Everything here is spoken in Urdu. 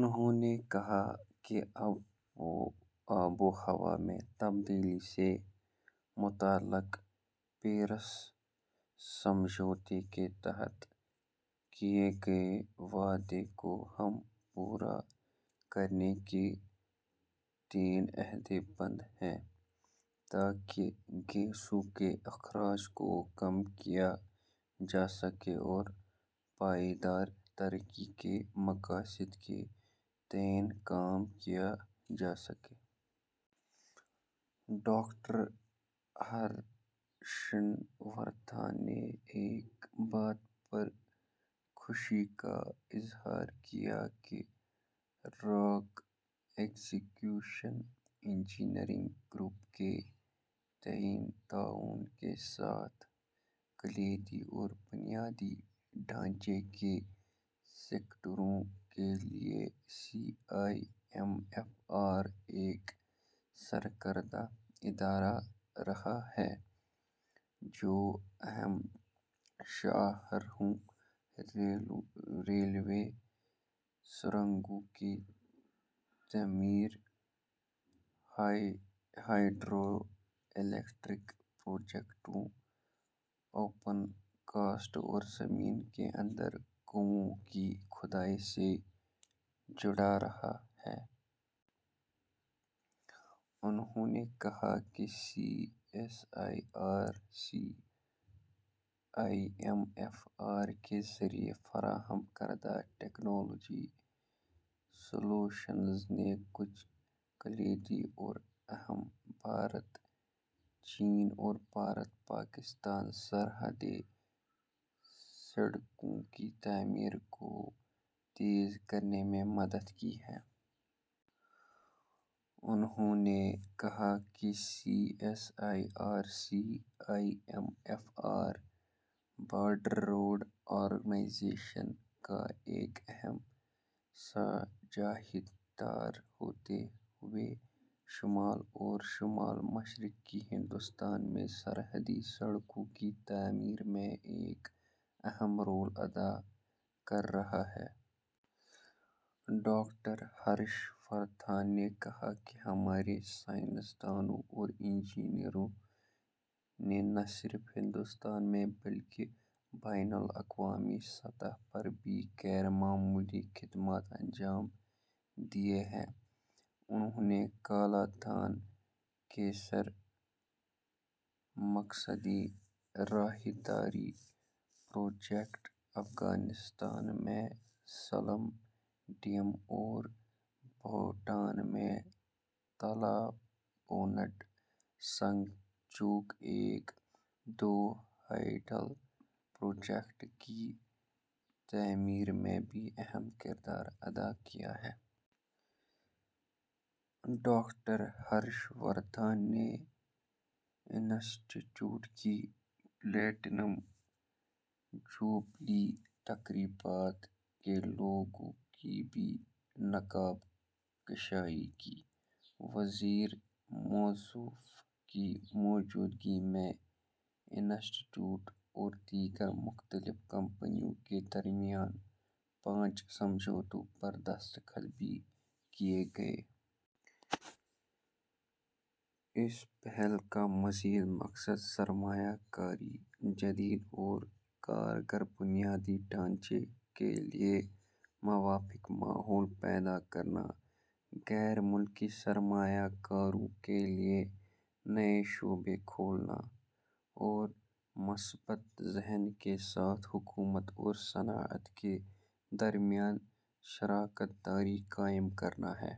نہوں نے کہا کہ آب و ہوا میں تبدیلی سے متعلق پیرس سمجھوتے کے تحت کیے گئے وعدے کو ہم پورا کرنے کے تئیں عہد بند ہیں، تاکہ گیسوں کے اخراج کو کم کیا جا سکے اور پائیدار ترقی کے مقاصد کے تئیں کام کیا جا سکے۔ ڈاکٹر ہرش وردھن نے اس بات پر خوشی کا اظہار کیا کہ راک ایکسکیویشن انجینئرنگ گروپ کے تئیں تعاون کے ساتھ کلیدی اور بنیادی ڈھانچے کے سیکٹروں کے لیے C I M F R ایک سرکردہ ادارہ رہا ہے، جو اہم شاہراہوں، ریلوے، سرنگوں کی تعمیر، ہائیڈرو الیکٹرک پروجیکٹوں، اوپن کاسٹ اور زمین کے اندر کانوں کی کھدائی سے جڑا رہا ہے۔ انہوں نے کہا کہ C S I R C I M F R کے ذریعے فراہم کردہ ٹیکنالوجی سلوشنز نے کچھ کلیدی اور اہم بھارت-چین اور بھارت-پاکستان سرحدی سڑکوں کی تعمیر کو تیز کرنے میں مدد کی ہے۔ انہوں نے کہا کہ C S I R C I M F R, border road organisation کا ایک اہم ساجھیدار ہوتے ہوئے، شمال اور شمال مشرقی ہندوستان میں سرحدی سڑکوں کی تعمیر میں ایک اہم رول ادا کر رہا ہے۔ ڈاکٹر ہرش وردھن نے کہا کہ ہمارے سائنس دانوں اور انجینئروں نے نہ صرف ہندوستان میں بلکہ بین الاقوامی سطح پر بھی غیر معمولی خدمات انجام دی ہیں۔ انہوں نے کالا دان کثیر مقصدی راہداری پروجیکٹ، افغانستان میں سلما ڈیم اور بھوٹان میں تلا پونت سنگ چو ایک اور دو ہائیڈل پروجیکٹ کی تعمیر میں بھی اہم کردار ادا کیا ہے۔ ڈاکٹر ہرش وردھن نے انسٹی ٹیوٹ کی پلاٹینم جوبلی تقریبات کے لوگو کی بھی نقاب کشائی کی۔ وزیر موصوف کی موجودگی میں انسٹی ٹیوٹ اور دیگر مختلف کمپنیوں کے درمیان پانچ سمجھوتوں پر دستخط بھی کیے گئے۔ اس پہل کا مزید مقصد سرمایہ کاری، جدید اور کارگر بنیادی ڈھانچے کے لیے موافق ماحول پیدا کرنا، غیر ملکی سرمایہ کاروں کے لیے نئے شعبے کھولنا اور مثبت ذہن کے ساتھ حکومت اور صنعت کے درمیان شراکت داری قائم کرنا ہے۔